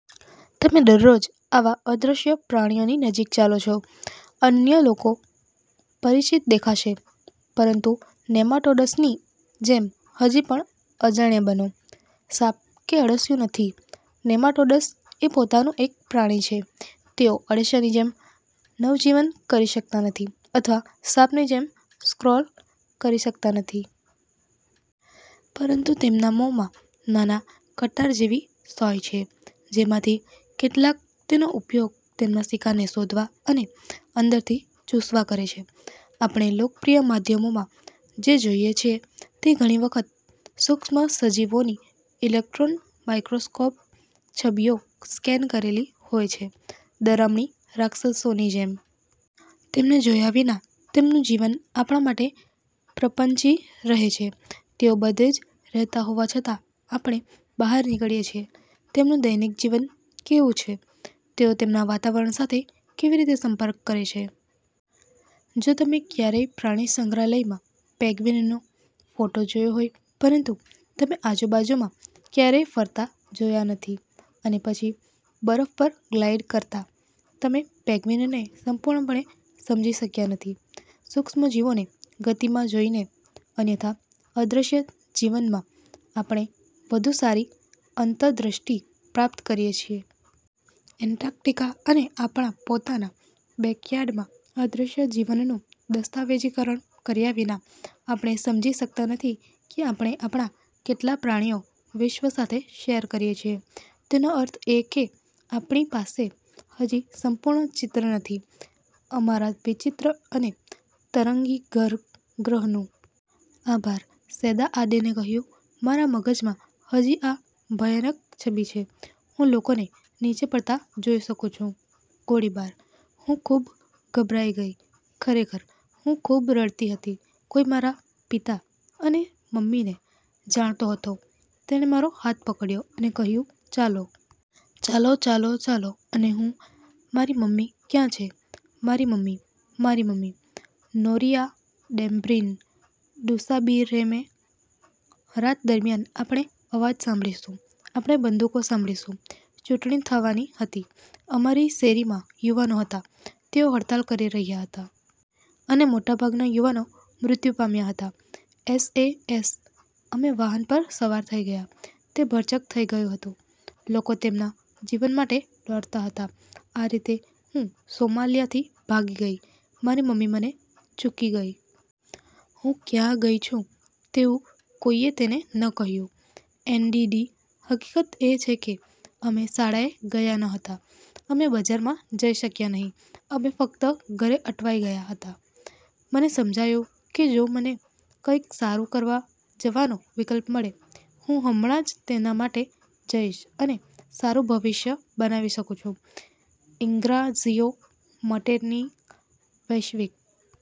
તમે દરરોજ આવા અદ્રશ્ય પ્રાણીઓની નજીક ચાલો છો. અન્ય લોકો પરિચિત દેખાશે, પરંતુ નેમાટોડ્સની જેમ, હજી પણ અજાણ્યા બનો. સાપ કે અળસિયું નથી, નેમાટોડ્સ એ પોતાનું એક પ્રાણી છે. તેઓ અળસિયાની જેમ નવજીવન કરી શકતા નથી અથવા સાપની જેમ ક્રોલ કરી શકતા નથી. પરંતુ તેમના મોંમાં નાના, કટાર જેવી સોય છે જેમાંથી કેટલાક તેનો ઉપયોગ તેમના શિકાર ને શોધવા અને અંદરથી ચૂસવા કરે છે. આપણે લોકપ્રિય માધ્યમોમાં જે જોઈએ છે તે ઘણી વખત સુક્ષ્મસજીવોની ઇલેક્ટ્રોન માઇક્રોસ્કોપ છબીઓ સ્કેન કરેલી હોય છે ડરામણી રાક્ષસો ની જેમ. તેમને જોયા વિના તેમનું જીવન આપણા માટે પ્રપંચી રહે છે તેઓ બધે જ રહેતા હોવા છતાં આપણે બહાર નીકળીએ છીએ. તેમનું દૈનિક જીવન કેવું છે? તેઓ તેમના વાતાવરણ સાથે કેવી રીતે સંપર્ક કરે છે? જો તમે ક્યારેય પ્રાણી સંગ્રહાલયમાં પેન્ગ્વીનનો ફોટો જોયો હોય, પરંતુ તમે આજુબાજુમાં ક્યારેય ફરતા જોયા નથી અને પછી બરફ પર ગ્લાઇડ કરતા, તમે પેન્ગ્વિનને સંપૂર્ણપણે સમજી શક્યા નથી. સૂક્ષ્મ જીવોને ગતિમાં જોઈને, અન્યથા અદૃશ્ય જીવનમાં આપણે વધુ સારી અંતદૃષ્ટિ પ્રાપ્ત કરીએ છીએ. એન્ટાર્કટિકા અને આપણા પોતાના બેકયાર્ડ્સમાં અદ્રશ્ય જીવનનું દસ્તાવેજીકરણ કર્યા વિના, આપણે સમજી શકતા નથી કે આપણે આપણા કેટલા પ્રાણીઓ વિશ્વ સાથે શેર કરીએ છીએ. તેનો અર્થ એ કે આપણી પાસે હજી સંપૂર્ણ ચિત્ર નથી અમારા વિચિત્ર અને તરંગી ઘર ગ્રહ નું. આભાર. સૈદા આદેને કહ્યું: મારા મગજમાં હજી આ ભયાનક છબી છે. હું લોકોને નીચે પડતા જોઈ શકુ છું, ગોળીબાર. હું ખૂબ ગભરાઈ ગઈ. ખરેખર, હું ખૂબ રડતી હતી. કોઈ મારા। પિતા અને મમ્મીને જાણતો હતો તેણે મારો હાથ પકડ્યો, અને કહ્યું, "ચાલો! ચાલો! ચાલો! ચાલો! " અને હું, "મારી મમ્મી ક્યાં છે? મારી મમ્મી? મારી મમ્મી? " નોરીઆ ડેમ્બ્રીન ડુસાબીરેમે: રાત દરમિયાન આપણે અવાજ સાંભળીશું, આપણે બંદૂકો સાંભળીશું. ચૂંટણી થવાની હતી. અમારી શેરીમાં યુવાનો હતા, તેઓ હડતાલ કરી રહ્યા હતા. અને મોટાભાગના યુવાનો મૃત્યુ પામ્યા હતા. એસ. એ. એસ.: અમે વાહન પર સવાર થઇ ગયા. તે ભરચક થઈ ગયું હતું. લોકો તેમના જીવન માટે દોડતા હતા. આ રીતે હું સોમાલિયાથી ભાગી ગઈ. મારી મમ્મી મને ચૂકી ગઈ. હું ક્યાં ગઈ છું તેવું કોઈએ તેને ન કહ્યું. એનડીડી: હકીકત એ છે કે અમે શાળાએ ગયા ન હતા, અમે બજારમાં જઈ શક્યા નહીં, અમે ફક્ત ઘરે અટવાઈ ગયા હતા મને સમજાયું કે જો મને કંઈક સારું કરવા જવાનો વિકલ્પ મળે, હું હમણાં જ તેના માટે જઈ અને સારું ભવિષ્ય બનાવી શકું છું. ઇગ્નાઝિઓ મેટ્ટેની: વૈશ્વિક